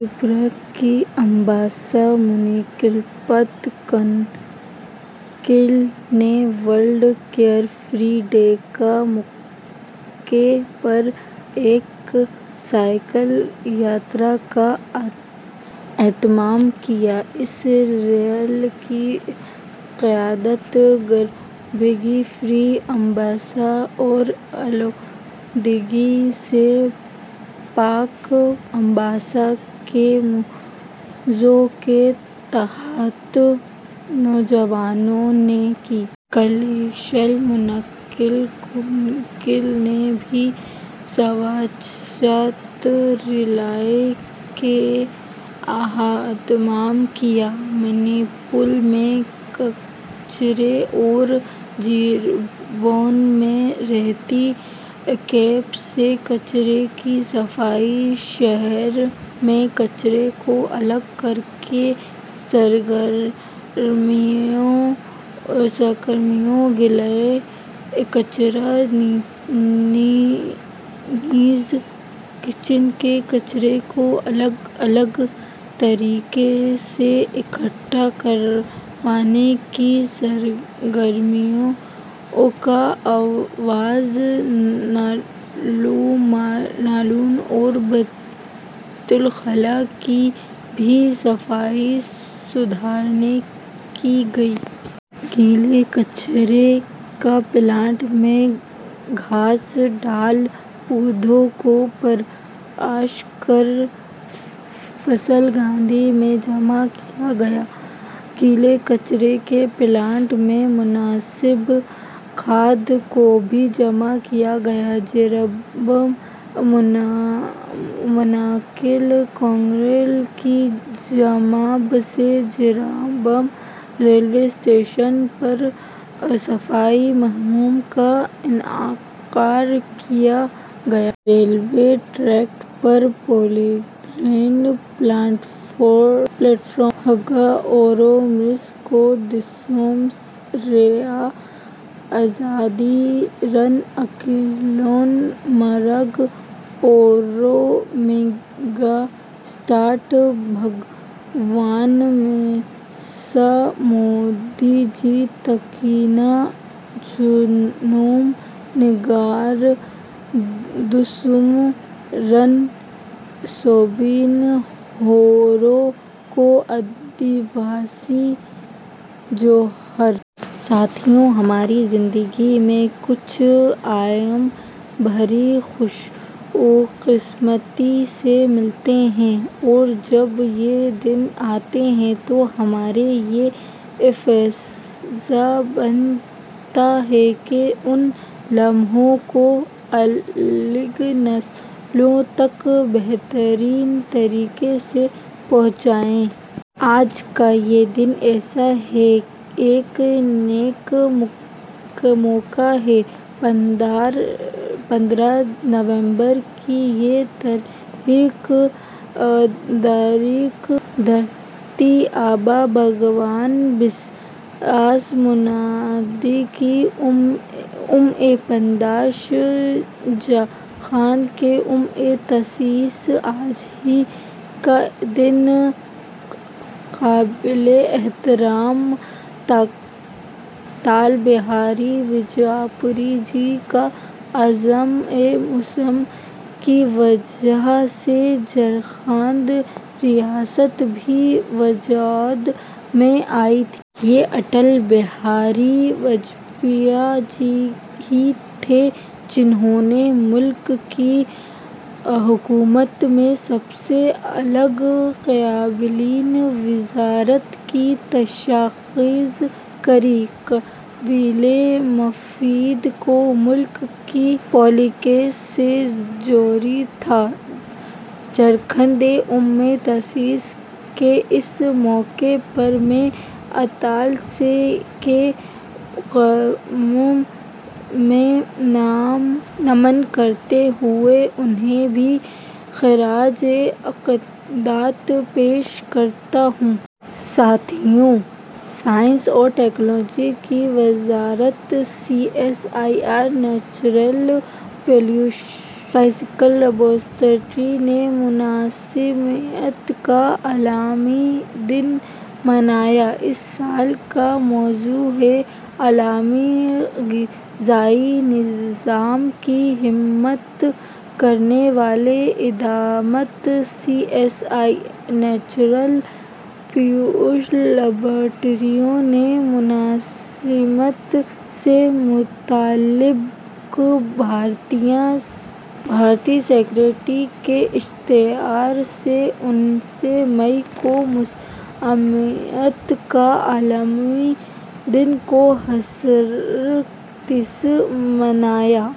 تریپورہ کی Ambassa municipal council نے world car free day کے موقع پر ایک سائیکل یاترا کا اہتمام کیا۔ اس ریلی کی قیادت ’گاربیج فری امباسا‘ اور ’آلودگی سے پاک امباسا‘ کے موضوع کے تحت نوجوانوں نے کی۔ کیلاش ہر میونسپل کونسل نے بھی سوچھتا ریلی کا اہتمام کیا۔ منی پور میں کمبی اور جری بام میں راحتی کیمپ سے کچرے کی صفائی، شہر میں کچرے کو الگ کرنے کی سرگرمیاں، گیلے کچرے نیز کچن کے کچرے کو الگ الگ طریقے سے اکٹھا کرنے کی سرگرمیوں کے علاوہ نالوں اور بیت الخلاء کی بھی صفائی ستھرائی کی گئی۔ گیلے کچرے کے پلانٹ میں گھاس دار پودوں کو تراش کر فضلہ گاڑیوں میں جمع کیا گیا۔ گیلے کچرے کے پلانٹ میں مناسب کھاد کو بھی جمع کیا گیا۔ جیری بام میونسپل کونسل کی جانب سے جیری بام ریلوے اسٹیشن پر صفائی مہم کا انعقاد کیا گیا۔ ریلوے ٹریک پر پلگنگ، پلیٹ فارم... ہاگا اوڑو میسی کو، دیسوم رے آ آزادی رین اکیلان مارگ ہوڑو، میگا اسٹار بھگوان برسا منڈا جی، تاکینا جونوم نیگرے، دیسوم رین سوبین ہوڑو کو، آدی باسی جوہار۔ ساتھیو! ہماری زندگی میں کچھ ایام بڑی خوش قسمتی سے ملتے ہیں اور جب یہ دن آتے ہیں تو ہمارا یہ فریضہ بنتا ہے کہ ان لمحات کو اگلی نسلوں تک بہترین طریقوں سے پہنچائیں۔ آج کا یہ دن ایسا ہی ایک نیک موقع ہے۔ پندرہ نومبر کی یہ تاریخ! دھرتی آبا بھگوان برسا منڈا کی یومِ پیدائش! جھارکھنڈ کا یومِ تاسیس! آج ہی کے دن قابلِ احترام اٹل بہاری واجپئی جی کے عزمِ مصمم کی وجہ سے جھارکھنڈ ریاست بھی وجود میں آئی تھی۔ یہ اٹل بہاری واجپئی جی ہی تھے، جنہوں نے ملک کی حکومت میں سب سے الگ قبائلی وزارت کی تشکیل کرکے قبائلی مفادات کو ملک کی پالیسیوں سے جوڑا تھا۔ جھارکھنڈ کے یومِ تاسیس کے اس موقع پر میں اٹل جی کے قدموں میں نمن کرتے ہوئے انہیں بھی خراجِ عقیدت پیش کرتا ہوں۔ ساتھیو! سائنس اور ٹیکنالوجی کی وزارت C S I R national physical laboratory نے موسمیات کا عالمی دن منایا۔ اس سال کا موضوع ہے، "عالمی غذائی نظام کی حمایت کرنے والے اقدامات"۔ C S I R national physical laboratory نے موسمیات سے متعلق بھارتی سوسائٹی کے اشتراک سے انیس مئی کو موسمیات کا عالمی دن دو ہزار تئیس منایا۔